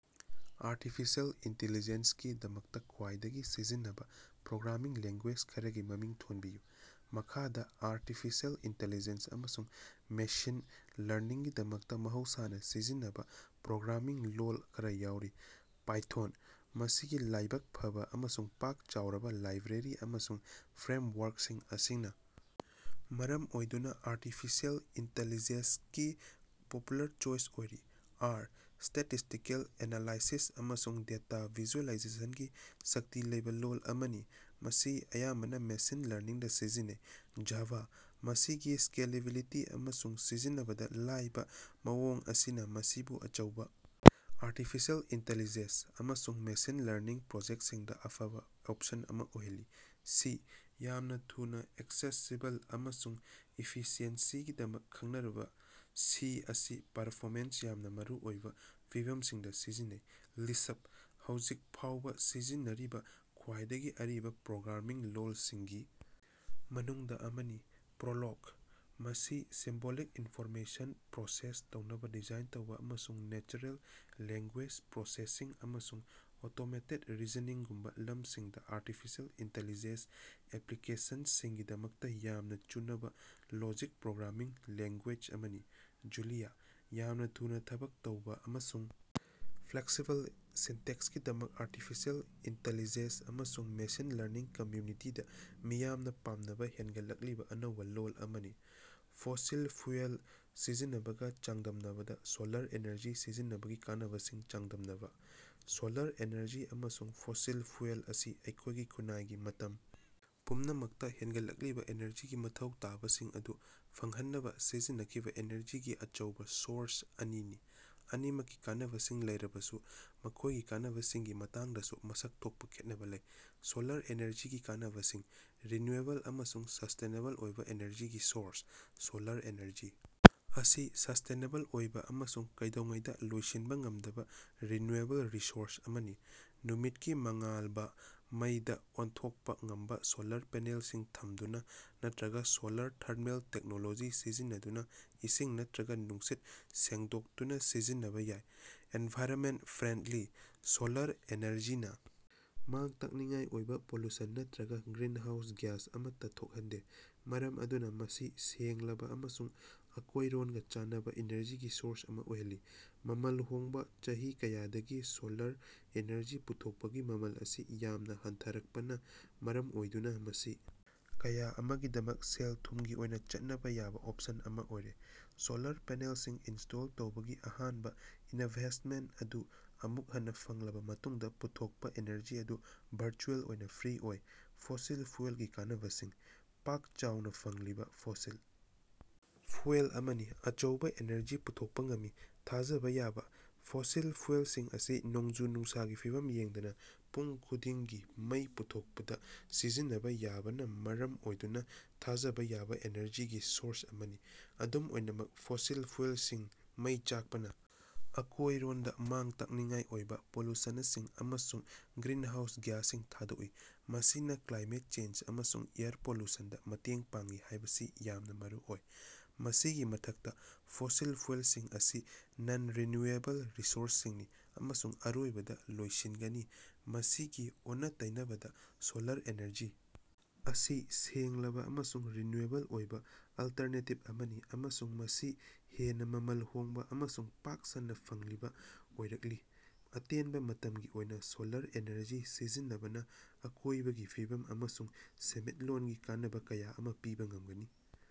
Artificial ꯏꯟꯇꯦꯂꯤꯖꯦꯁꯀꯤ ꯗꯃꯛꯇ ꯈ꯭ꯋꯥꯏꯗꯒꯤ ꯁꯤꯖꯤꯟꯅꯕ ꯄ꯭ꯔꯣꯒ꯭ꯔꯥꯃꯤꯡ ꯂꯦꯡꯒꯨꯌꯦꯖ ꯈꯔꯒꯤ ꯃꯃꯤꯡ ꯊꯣꯟꯕꯤꯌꯨ꯫ ꯃꯈꯥꯗꯥ ꯑꯥꯔꯇꯤꯐꯤꯁꯤꯑꯦꯜ ꯏꯟꯇꯦꯂꯤꯖꯦꯁ ꯑꯃꯁꯨꯡ ꯃꯦꯁꯤꯟ ꯂꯔꯅꯤꯡꯒꯤꯗꯃꯛꯇ ꯃꯍꯧꯁꯥꯅ ꯁꯤꯖꯤꯟꯅꯕ ꯄ꯭ꯔꯣꯒ꯭ꯔꯥꯃꯤꯡ ꯂꯣꯜ ꯈꯔꯥ ꯌꯥꯎꯔꯤ: ꯄꯥꯏꯊꯣꯟ: ꯃꯁꯤꯒꯤ ꯂꯥꯏꯕꯛ ꯐꯕ ꯑꯃꯁꯨꯡ ꯄꯥꯛ ꯆꯥꯎꯔꯕ ꯂꯥꯏꯕ꯭ꯔꯦꯔꯤ ꯑꯃꯁꯨꯡ ꯐ꯭ꯔꯦꯝꯋꯥ꯭ꯔꯛꯁꯤꯡ ꯑꯁꯤꯅ ꯃꯔꯝ ꯑꯣꯏꯗꯨꯅ ꯑꯥꯔꯇꯤꯐꯤꯁꯤꯑꯦꯜ ꯏꯟꯇꯦꯂꯤꯖꯦꯁ ꯀꯤ ꯄꯣꯄꯨꯂꯔ ꯆꯣꯏꯆ ꯑꯣꯏꯔꯤ꯫ ꯑꯥꯔ: ꯁ꯭ꯇꯦꯇꯤꯁ꯭ꯇꯤꯀꯦꯜ ꯑꯦꯅꯥꯂꯥꯏꯁꯤꯁ ꯑꯃꯁꯨꯡ ꯗꯦꯇꯥ ꯚꯤꯖꯨꯑꯦꯂꯥꯏꯖꯦꯁꯟꯒꯤ ꯁꯛꯇꯤ ꯂꯩꯕꯥ ꯂꯣꯜ ꯑꯃꯅꯤ, ꯃꯁꯤ ꯑꯌꯥꯝꯕꯅ ꯃꯦꯁꯤꯟ ꯂꯔꯅꯤꯡꯗ ꯁꯤꯖꯤꯟꯅꯩ꯫ ꯖꯥꯚꯥ: ꯃꯁꯤꯒꯤ ꯁ꯭ꯀꯦꯂꯦꯕꯤꯂꯤꯇꯤ ꯑꯃꯁꯨꯡ ꯁꯤꯖꯤꯟꯅꯕꯗ ꯂꯥꯏꯕ ꯃꯑꯣꯡ ꯑꯁꯤꯅ ꯃꯁꯤꯕꯨ ꯑꯆꯧꯕ ꯑꯥꯔꯇꯤꯐꯤꯁꯤꯑꯦꯜ ꯏꯟꯇꯦꯂꯤꯖꯦꯁ ꯑꯃꯁꯨꯡ ꯃꯦꯁꯤꯟ ꯂꯔꯅꯤꯡ ꯄ꯭ꯔꯣꯖꯦꯛꯁꯤꯡꯗ ꯑꯐꯕꯥ ꯑꯣꯞꯁꯟ ꯑꯃ ꯑꯣꯏꯍꯜꯂꯤ꯫ ꯁꯤ: ꯌꯥꯝꯅ ꯊꯨꯅ ꯑꯦꯛꯁꯦꯁꯤꯕꯜ ꯑꯃꯁꯨꯡ ꯏꯐꯤꯁꯤꯑꯦꯟꯁꯤꯒꯤꯗꯃꯛ ꯈꯪꯅꯔꯕ ꯁꯤ ꯑꯁꯤ ꯄꯔꯐꯣꯃꯦꯟꯁ ꯌꯥꯝꯅ ꯃꯔꯨ ꯑꯣꯏꯕ ꯐꯤꯚꯝꯁꯤꯡꯗ ꯁꯤꯖꯤꯟꯅꯩ꯫ ꯂꯤꯁ꯭ꯞ: ꯍꯧꯖꯤꯛ ꯐꯥꯎꯕ ꯁꯤꯖꯤꯟꯅꯔꯤꯕꯥ ꯈ꯭ꯋꯥꯏꯗꯒꯤ ꯑꯔꯤꯕ ꯄ꯭ꯔꯣꯒ꯭ꯔꯥꯃꯤꯡ ꯂꯣꯜꯁꯤꯡꯒꯤ ꯃꯅꯨꯡꯗ ꯑꯃꯅꯤ꯫ ꯄ꯭ꯔꯣꯂꯣꯒ: ꯃꯁꯤ ꯁꯤꯝꯕꯣꯂꯤꯛ ꯏꯟꯐꯣꯔꯃꯦꯁꯟ ꯄ꯭ꯔꯣꯁꯦꯁ ꯇꯧꯅꯕ ꯗꯤꯖꯥꯏꯟ ꯇꯧꯕ ꯑꯃꯁꯨꯡ ꯅꯦꯆꯔꯦꯜ ꯂꯦꯡꯒꯨꯌꯦꯖ ꯄ꯭ꯔꯣꯁꯦꯁꯤꯡ ꯑꯃꯁꯨꯡ ꯑꯣꯇꯣꯃꯦꯇꯦꯠ ꯔꯤꯖꯅꯤꯡꯒꯨꯝꯕ ꯂꯝꯁꯤꯡꯗ ꯑꯥꯔꯇꯤꯐꯤꯁꯤꯑꯦꯜ ꯏꯟꯇꯦꯂꯤꯖꯦꯁ ꯑꯦꯄ꯭ꯂꯤꯀꯦꯁꯟꯁꯤꯡꯒꯤꯗꯃꯛꯇ ꯌꯥꯝꯅ ꯆꯨꯅꯕ ꯂꯣꯖꯤꯛ ꯄ꯭ꯔꯣꯒ꯭ꯔꯥꯃꯤꯡ ꯂꯦꯡꯒꯨꯌꯦꯖ ꯑꯃꯅꯤ꯫ ꯖꯨꯂꯤꯌꯥ: ꯌꯥꯝꯅ ꯊꯨꯅ ꯊꯕꯛ ꯇꯧꯕꯥ ꯑꯃꯁꯨꯡ ꯐ꯭ꯂꯦꯛꯁꯤꯕꯜ ꯁꯤꯟꯇꯦꯛꯁꯀꯤꯗꯃꯛ ꯑꯥꯔꯇꯤꯐꯤꯁꯤꯑꯦꯜ ꯏꯟꯇꯦꯂꯤꯖꯦꯁ ꯑꯃꯁꯨꯡ ꯃꯦꯁꯤꯟ ꯂꯔꯅꯤꯡ ꯀꯝꯃ꯭ꯌꯨꯅꯤꯇꯤꯗ ꯃꯤꯌꯥꯝꯅ ꯄꯥꯝꯅꯕ ꯍꯦꯡꯒꯠꯂꯛꯂꯤꯕ ꯑꯅꯧꯕ ꯂꯣꯜ ꯑꯃꯅꯤ꯫ ꯐꯣꯁꯤꯜ ꯐ꯭ꯌꯨꯑꯦꯜ ꯁꯤꯖꯤꯟꯅꯕꯒ ꯆꯥꯡꯗꯝꯅꯕꯗ ꯁꯣꯂꯥꯔ ꯏꯅꯔꯖꯤ ꯁꯤꯖꯤꯟꯅꯕꯒꯤ ꯀꯥꯟꯅꯕꯁꯤꯡ ꯆꯥꯡꯗꯝꯅꯕ ꯫ ꯁꯣꯂꯥꯔ ꯏꯅꯔꯖꯤ ꯑꯃꯁꯨꯡ ꯐꯣꯁꯤꯜ ꯐ꯭ꯌꯨꯑꯦꯜ ꯑꯁꯤ ꯑꯩꯈꯣꯏꯒꯤ ꯈꯨꯟꯅꯥꯏꯒꯤ ꯃꯇꯝ ꯄꯨꯝꯅꯃꯛꯇ ꯍꯦꯡꯒꯠꯂꯛꯂꯤꯕ ꯏꯅꯔꯖꯤꯒꯤ ꯃꯊꯧ ꯇꯥꯕꯁꯤꯡ ꯑꯗꯨ ꯐꯪꯍꯟꯅꯕ ꯁꯤꯖꯤꯟꯅꯈꯤꯕ ꯏꯅꯔꯖꯤꯒꯤ ꯑꯆꯧꯕ ꯁꯣꯔꯁ ꯑꯅꯤꯅꯤ꯫ ꯑꯅꯤꯃꯛꯀꯤ ꯀꯥꯟꯅꯕꯁꯤꯡ ꯂꯩꯔꯕꯁꯨ ꯃꯈꯣꯏꯒꯤ ꯀꯥꯟꯅꯕꯁꯤꯡꯒꯤ ꯃꯇꯥꯡꯗꯁꯨ ꯃꯁꯛ ꯊꯣꯛꯄ ꯈꯦꯠꯅꯕ ꯂꯩ꯫ ꯁꯣꯂꯥꯔ ꯑꯦꯅꯔꯖꯤꯒꯤ ꯀꯥꯟꯅꯕꯁꯤꯡ: ꯔꯤꯅ꯭ꯌꯨꯑꯦꯕꯜ ꯑꯃꯁꯨꯡ ꯁ꯭ꯁꯇꯦꯅꯦꯕꯜ ꯑꯣꯏꯕ ꯑꯦꯅꯔꯖꯤꯒꯤ ꯁꯣꯔꯁ: ꯁꯣꯂꯥꯔ ꯑꯦꯅꯔꯖꯤ ꯑꯁꯤ ꯁ꯭ꯁꯇꯦꯅꯦꯕꯜ ꯑꯣꯏꯕ ꯑꯃꯁꯨꯡ ꯀꯩꯗꯧꯉꯩꯗ ꯂꯣꯏꯁꯤꯟꯕ ꯉꯝꯗꯕ ꯔꯤꯅ꯭ꯌꯨꯑꯦꯕꯜ ꯔꯤꯁꯣꯔꯁ ꯑꯃꯅꯤ꯫ ꯅꯨꯃꯤꯠꯀꯤ ꯃꯉꯥꯜꯕ ꯃꯩꯗꯥ ꯑꯣꯟꯊꯣꯛꯄ ꯉꯝꯕ ꯁꯣꯂꯥꯔ ꯄꯦꯅꯦꯜꯁꯤꯡ ꯊꯝꯗꯨꯅ ꯅꯠꯇꯔꯒ ꯁꯣꯂꯥꯔ ꯊꯔꯃꯦꯜ ꯇꯦꯛꯅꯣꯂꯣꯖꯤ ꯁꯤꯖꯤꯟꯅꯗꯨꯅ ꯏꯁꯤꯡ ꯅꯠꯇꯔꯒ ꯅꯨꯡꯁꯤꯠ ꯁꯦꯡꯗꯣꯛꯇꯨꯅ ꯁꯤꯖꯤꯟꯅꯕ ꯌꯥꯏ꯫ ꯑꯦꯅꯚꯥꯏꯔꯟꯃꯦꯟꯠ ꯐ꯭ꯔꯦꯟꯗꯂꯤ: ꯁꯣꯂꯥꯔ ꯑꯦꯅꯔꯖꯤꯅ ꯃꯥꯡ-ꯇꯥꯛꯅꯤꯡꯉꯥꯏ ꯑꯣꯏꯕ ꯄꯣꯂꯨꯁꯟ ꯅꯠꯇꯔꯒ ꯒ꯭ꯔꯤꯟꯍꯥꯎꯁ ꯒ꯭ꯌꯥꯁ ꯑꯃꯠꯇ ꯊꯣꯛꯍꯟꯗꯦ, ꯃꯔꯝ ꯑꯗꯨꯅ ꯃꯁꯤ ꯁꯦꯡꯂꯕ ꯑꯃꯁꯨꯡ ꯑꯀꯣꯏꯔꯣꯟꯒ ꯆꯥꯟꯅꯕ ꯏꯅꯔꯖꯤꯒꯤ ꯁꯣꯔꯁ ꯑꯃ ꯑꯣꯏꯍꯜꯂꯤ꯫ ꯃꯃꯜ ꯍꯣꯡꯕ: ꯆꯍꯤ ꯀꯌꯥꯗꯒꯤ ꯁꯣꯂꯥꯔ ꯏꯅꯔꯖꯤ ꯄꯨꯊꯣꯛꯄꯒꯤ ꯃꯃꯜ ꯑꯁꯤ ꯌꯥꯝꯅ ꯍꯟꯊꯔꯛꯄꯅ ꯃꯔꯝ ꯑꯣꯏꯗꯨꯅ ꯃꯁꯤ ꯀꯌꯥ ꯑꯃꯒꯤꯗꯃꯛ ꯁꯦꯜ-ꯊꯨꯝꯒꯤ ꯑꯣꯏꯅ ꯆꯠꯅꯕ ꯌꯥꯕꯥ ꯑꯣꯞꯁꯟ ꯑꯃꯥ ꯑꯣꯏꯔꯦ꯫ ꯁꯣꯂꯥꯔ ꯄꯦꯅꯦꯜꯁꯤꯡ ꯏꯟꯁ꯭ꯇꯣꯜ ꯇꯧꯕꯒꯤ ꯑꯍꯥꯟꯕ ꯏꯅꯚꯦꯁꯠꯃꯦꯟꯠ ꯑꯗꯨ ꯑꯃꯨꯛ ꯍꯟꯅ ꯐꯪꯂꯕ ꯃꯇꯨꯡꯗ, ꯄꯨꯊꯣꯛꯄꯥ ꯏꯅꯔꯖꯤ ꯑꯗꯨ ꯚꯔꯆꯨꯑꯦꯜ ꯑꯣꯏꯅ ꯐ꯭ꯔꯤ ꯑꯣꯏ꯫ ꯐꯣꯁꯤꯜ ꯐ꯭ꯌꯨꯑꯦꯜꯒꯤ ꯀꯥꯟꯅꯕꯁꯤꯡ: ꯄꯥꯛ-ꯆꯥꯎꯅ ꯐꯪꯂꯤꯕ: ꯐꯣꯁꯤꯜ ꯐ꯭ꯌꯨꯑꯦꯜ ꯑꯃꯅꯤ ꯑꯆꯧꯕ ꯑꯦꯅꯔꯖꯤ ꯄꯨꯊꯣꯛꯄ ꯉꯝꯃꯤ꯫ ꯊꯥꯖꯕ ꯌꯥꯕ: ꯐꯣꯁꯤꯜ ꯐ꯭ꯌꯨꯑꯦꯜꯁꯤꯡ ꯑꯁꯤ ꯅꯣꯡꯖꯨ-ꯅꯨꯡꯁꯥꯒꯤ ꯐꯤꯚꯝ ꯌꯦꯡꯗꯅ ꯄꯨꯡ ꯈꯨꯗꯤꯡꯒꯤ ꯃꯩ ꯄꯨꯊꯣꯛꯄꯗ ꯁꯤꯖꯤꯟꯅꯕ ꯌꯥꯕꯅ ꯃꯔꯝ ꯑꯣꯏꯗꯨꯅ ꯊꯥꯖꯕ ꯌꯥꯕ ꯏꯅꯔꯖꯤꯒꯤ ꯁꯣꯔꯁ ꯑꯃꯅꯤ꯫ ꯑꯗꯨꯝ ꯑꯣꯏꯅꯃꯛ, ꯐꯣꯁꯤꯜ ꯐ꯭ꯌꯨꯑꯦꯜꯁꯤꯡ ꯃꯩ ꯆꯥꯛꯄꯅ ꯑꯀꯣꯏꯔꯣꯟꯗ ꯃꯥꯡ-ꯇꯥꯛꯅꯤꯡꯉꯥꯏ ꯑꯣꯏꯕ ꯄꯣꯂꯨꯁꯅꯁꯤꯡ ꯑꯃꯁꯨꯡ ꯒ꯭ꯔꯤꯅꯍꯥꯎꯁ ꯒ꯭ꯌꯥꯁꯁꯤꯡ ꯊꯥꯗꯣꯛꯏ, ꯃꯁꯤꯅꯥ ꯀ꯭ꯂꯥꯏꯃꯦꯠ ꯆꯦꯟꯖ ꯑꯃꯁꯨꯡ ꯑꯦꯌꯔ ꯄꯣꯂꯨꯁꯟꯗ ꯃꯇꯦꯡ ꯄꯥꯡꯏ ꯍꯥꯏꯕꯁꯤ ꯌꯥꯝꯅ ꯃꯔꯨꯑꯣꯏ꯫ ꯃꯁꯤꯒꯤ ꯃꯊꯛꯇ, ꯐꯣꯁꯤꯜ ꯐ꯭ꯌꯨꯑꯦꯜꯁꯤꯡ ꯑꯁꯤ ꯅꯟ-ꯔꯤꯅ꯭ꯌꯨꯑꯦꯕꯜ ꯔꯤꯁꯣꯔꯁꯁꯤꯡꯅꯤ ꯑꯃꯁꯨꯡ ꯑꯔꯣꯏꯕꯗ ꯂꯣꯏꯁꯤꯟꯒꯅꯤ꯫ ꯃꯁꯤꯒꯤ ꯑꯣꯟꯅ-ꯇꯩꯅꯕꯗꯥ, ꯁꯣꯂꯥꯔ ꯑꯦꯅꯔꯖꯤ ꯑꯁꯤ ꯁꯦꯡꯂꯕ ꯑꯃꯁꯨꯡ ꯔꯤꯅ꯭ꯌꯨꯑꯦꯕꯜ ꯑꯣꯏꯕ ꯑꯜꯇꯔꯅꯦꯇꯤꯕ ꯑꯃꯅꯤ ꯑꯃꯁꯨꯡ ꯃꯁꯤ ꯍꯦꯟꯅ ꯃꯃꯜ ꯍꯣꯡꯕ ꯑꯃꯁꯨꯡ ꯄꯥꯛ ꯁꯟꯅ ꯐꯪꯂꯤꯕ ꯑꯣꯏꯔꯛꯂꯤ꯫ ꯑꯇꯦꯟꯕ ꯃꯇꯝꯒꯤ ꯑꯣꯏꯅ ꯁꯣꯂꯥꯔ ꯏꯅꯔꯖꯤ ꯁꯤꯖꯤꯟꯅꯕꯅ ꯑꯀꯣꯏꯕꯒꯤ ꯐꯤꯕꯝ ꯑꯃꯁꯨꯡ ꯁꯦꯟꯃꯤꯠꯂꯣꯟꯒꯤ ꯀꯥꯟꯅꯕ ꯀꯌꯥ ꯑꯃꯥ ꯄꯤꯕ ꯉꯝꯒꯅꯤ꯫